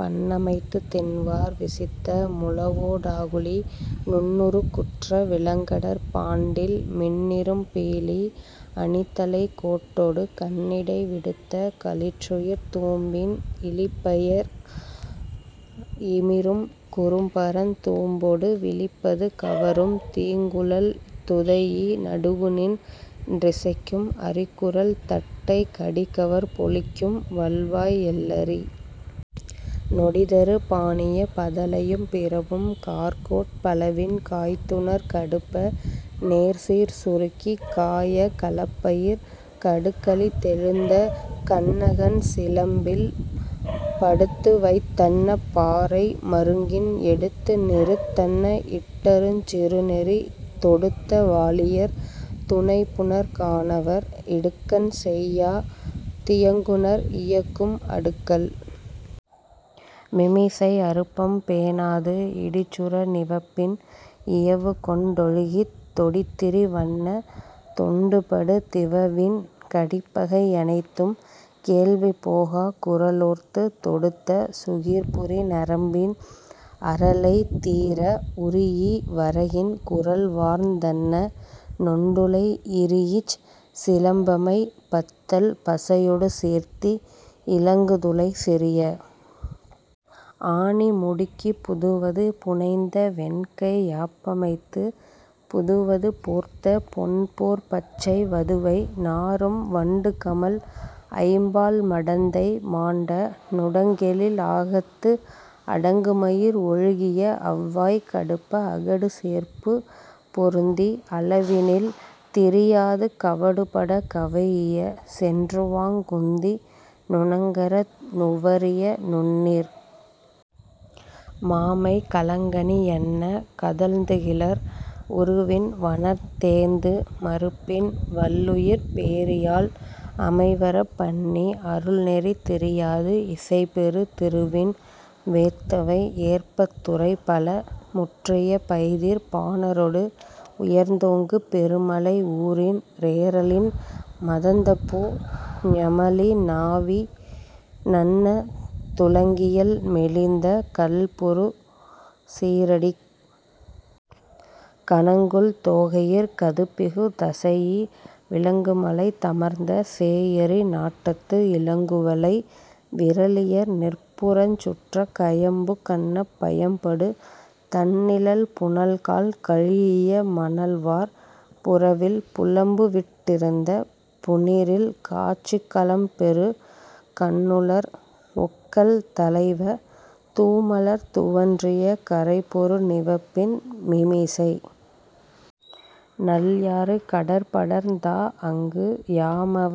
பண்ணமைத்துத் திண்வார் விசித்த முழவொ டாகுளி நுண்ணுருக் குற்ற விளங்கடர்ப் பாண்டில் மின்னிரும் பீலி அணித்தழைக் கோட்டொடு கண்ணிடை விடுத்த களிற்றுயிர்த் தூம்பின் இளிப்பயிர் இமிரும் குறும்பரந் தூம்பொடு விளிப்பது கவரும் தீங்குழல் துதைஇ நடுவுநின் றிசைக்கும் அரிக்குரல் தட்டை கடிகவர் பொலிக்கும் வல்வாய் எல்லரி நொடிதரு பாணிய பதலையும் பிறவும் கார்கோட் பலவின் காய்த்துணர் கடுப்ப நேர்சீர் சுருக்கிக் காய கலப்பையிர் கடுக்கலித் தெழுந்த கண்ணகன் சிலம்பில் படுத்துவைத் தன்ன பாறை மருங்கின் எடுத்துநிறுத் தன்ன இட்டருஞ் சிறுநெறி தொடுத்த வாளியர் துணைபுணர் கானவர் இடுக்கண் செய்யா தியங்குநர் இயக்கும் அடுக்கல் மீமிசை அருப்பம் பேணாது இடிச்சுர நிவப்பின் இயவுக்கொண் டொழுகித் தொடித்திரி வன்ன தொண்டுபடு திவவின் கடிப்பகை யனைத்தும் கேள்வி போகாக் குரலோர்த்துத் தொடுத்த சுகிர்புரி நரம்பின் அரலை தீர உரீஇ வரகின் குரல்வார்ந் தன்ன நுண்டுளை இரீஇச் சிலம்பமை பத்தல் பசையொடு சேர்த்தி இலங்குதுளை செறிய ஆணி முடுக்கிப் புதுவது புனைந்த வெண்கை யாப்பமைத்துப் புதுவது போர்த்த பொன்போற் பச்சை வதுவை நாறும் வண்டுகமழ் ஐம்பால் மடந்தை மாண்ட நுடங்கெழில் ஆகத்து அடங்குமயிர் ஒழுகிய அவ்வாய் கடுப்ப அகடுசேர்பு பொருந்தி அளவினில் திரியாது கவடுபடக் கவைஇய சென்றுவாங் குந்தி நுணங்கர நுவறிய நுண்ணீர் மாமைக் களங்கனி யன்ன கதழ்ந்துகிளர் உருவின் வணர்ந்தேந்து மருப்பின் வள்ளுயிர்ப் பேரியாழ் அமைவரப் பண்ணி அருள்நெறி திரியாது இசைபெறு திருவின் வேத்தவை ஏற்பத் துறைபல முற்றிய பைதீர் பாணரொடு உயர்ந்தோங்கு பெருமலை ஊறின் றேறலின் மதந்தபு ஞமலி நாவி நன்ன துளங்கியல் மெலிந்த கல்பொரு சீறடிக் கணங்கொள் தோகையிற் கதுப்பிகுத் தசைஇ விலங்குமலைத் தமர்ந்த சேயரி நாட்டத்து இலங்குவளை விறலியர் நிற்புறஞ் சுற்றக் கயம்புக் கன்ன பயம்படு தண்ணிழல் புனல்கால் கழீஇய மணல்வார் புறவில் புலம்புவிட் டிருந்த புனிறில் காட்சிக் கலம்பெறு கண்ணுளர் ஒக்கல் தலைவ தூமலர் துவன்றிய கரைபொரு நிவப்பின் மிமிசை நல்யாறு கடற்படர்ந் தாஅங்கு யாமவ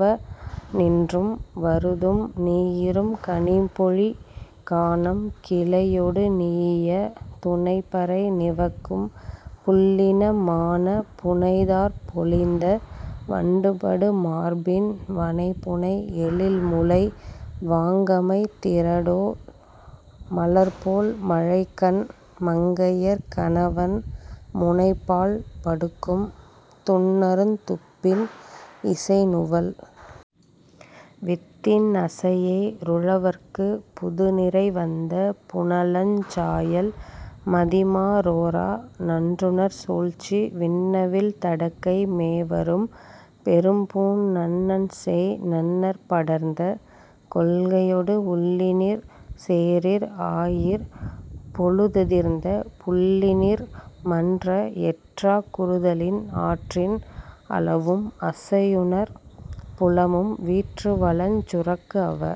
ணின்றும் வருதும் நீயிரும் கனிபொழி கானம் கிளையொ டுணீஇய துனைபறை நிவக்கும் புள்ளின மானப் புனைதார்ப் பொலிந்த வண்டுபடு மார்பின் வனைபுனை எழின்முலை வாங்கமைத் திரடோ ள் மலர்போல் மழைக்கண் மங்கையர் கணவன் முனைபாழ் படுக்கும் துன்னருந் துப்பின் இசைநுவல் வித்தின் நசையே ருழவர்க்குப் புதுநிறை வந்த புனலஞ் சாயல் மதிமா றோரா நன்றுணர் சூழ்ச்சி வின்னவில் தடக்கை மேவரும் பெரும்பூண் நன்னன்சேய் நன்னற் படர்ந்த கொள்கையொடு உள்ளினிர் சேறிர் ஆயிற் பொழுதெதிர்ந்த புள்ளினிர் மன்ற எற்றாக் குறுதலின் ஆற்றின் அளவும் அசையுநற் புலமும் வீற்றுவளஞ் சுரக்குஅவ